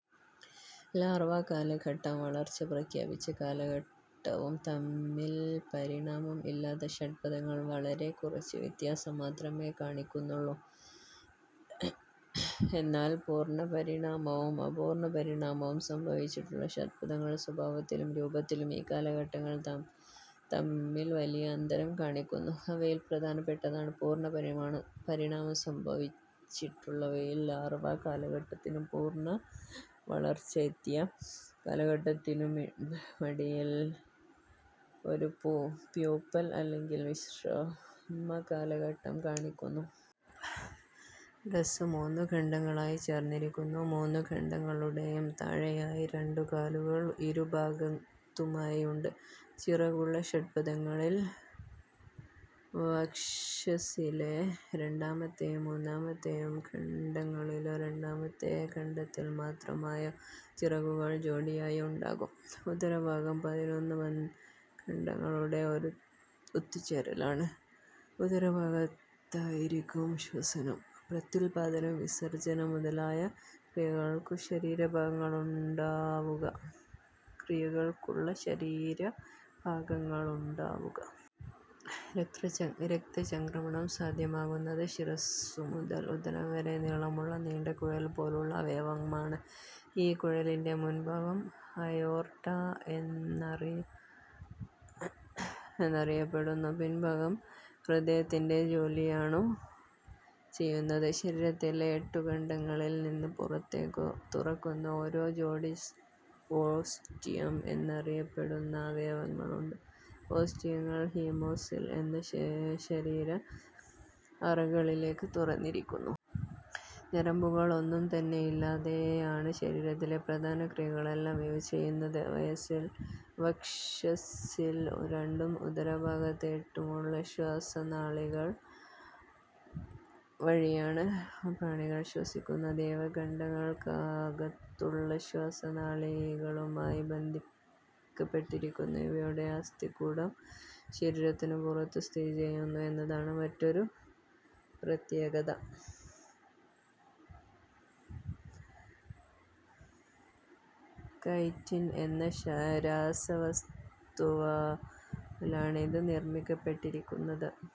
Larva കാലഘട്ടവും വളർച്ച പ്രാപിച്ച കാലഘട്ടവും തമ്മിൽ പരിണാമം ഇല്ലാത്ത ഷഡ്പദങ്ങൾ വളരെ കുറച്ച് വ്ത്യാസം മാത്രമേ കാണിക്കുന്നുള്ളൂ. എന്നാൽ പൂർണ്ണപരിണാമവും അപൂർണ പരിണാമവും സംഭവിച്ചിട്ടുള്ള ഷഡ്പദങ്ങൾ സ്വഭാവത്തിലും രൂപത്തിലും ഈ കാലഘട്ടങ്ങൾ തമ്മിൽ വലിയ അന്തരം കാണിക്കുന്നു. അവയിൽ പ്രധാനപ്പെട്ടതാണ് പൂർണ പരിണാമം സംഭവിച്ചിട്ടുള്ളവയിൽ ലാർവ്വ കാലഘട്ടത്തിനു പൂർണ വളർച്ച എത്തിയ കാലഘട്ടത്തിനുമടിയിൽ ഒരു പ്യൂപ്പൽ അല്ലെങ്കിൽ വിശ്രമ കാലഘട്ടംകാണിക്കുന്നു. ഉരസ്സ് മൂന്നു ഖണ്ഡങ്ങളായി ചേർന്നിരിക്കുന്നു. മൂന്നു ഖണ്ഡങ്ങളുടേയും താഴെയായി രണ്ടുകാലുകൾ ഇരുഭാഗത്തുമായി ഉണ്ട്. ചിറകുള്ള ഷഡ്പദങ്ങളിൽ വക്ഷസ്സിലെ രണ്ടാമത്തെയും മൂന്നാമത്തെയും ഖണ്ഡങ്ങളിലോ, രണ്ടാമത്തെ ഖണ്ഡത്തിൽ മാത്രമായോ, ചിറകുകൾ ജോടിയായി ഉണ്ടാകും. ഉദരഭാഗം പതിനൊന്നു ഖണ്ഡങ്ങളുടെ ഒത്തുചേരലാണ്. ഉദരഭാഗത്തായിരിക്കും ശ്വസനം, പ്രത്യുത്പാദനം, വിസർജ്ജനം മുതലായ ക്രിയകൾക്കുള്ള ശരീരഭാഗങ്ങളുണ്ടാവുക. രക്തചംക്രമണം സാധ്യമാക്കുന്നത് ശിരസ്സുമുതൽ ഉദരം വരെ നീളമുള്ള നീണ്ട കുഴൽ പോലുള്ള അവയവമാണ്. ഈ കുഴലിന്റെ മുൻഭാഗം അയോർട്ട എന്നറിയപ്പെടുന്നു. പിൻഭാഗം ഹൃദയത്തിന്റെ ജോലിയാണു ചെയ്യുന്നത്. ശരീരത്തിലെ എട്ടുഖണ്ഡങ്ങളിൽ നിന്ന് പുറത്തേക്കു തുറക്കുന്ന ഓരോ ജോടി ഓസ്റ്റിയം എന്നറിയപ്പെടുന്ന അവയവങ്ങളുണ്ട്. ഓസ്റ്റിയങ്ങൾ ഹീമോസിൽ എന്ന ശരീര അറകളിലേക്കു തുറന്നിരിക്കുന്നു. ഞരമ്പുകൾ ഒന്നും തന്നെയില്ലാതെയാണ് ശരീരത്തിലെ പ്രധാന ക്രിയകളെല്ലാം ഇവ ചെയ്യുന്നത്. വക്ഷസ്സിൽ രണ്ടും ഉദരഭാഗത്ത് എട്ടും ഉള്ള ശ്വാസനാളികകൾ വഴിയാണ് പ്രാണികൾ ശ്വസിക്കുന്നത്. ഇവ ഖണ്ഡങ്ങൾക്കകത്തുള്ള ശ്വാസനാളിയുമായി ബന്ധിക്കപ്പെട്ടിരിക്കുന്നു. ഇവയുടെ അസ്ഥികൂടം ശരീരത്തിനു പുറത്തു സ്ഥിതിചെയ്യുന്നു എന്നതാണ് മറ്റൊരു പ്രത്യേകത, കൈറ്റിൻ എന്ന രാസവസ്തുവാലാണിത് നിർമ്മിക്കപ്പെട്ടിരിക്കുന്നത്.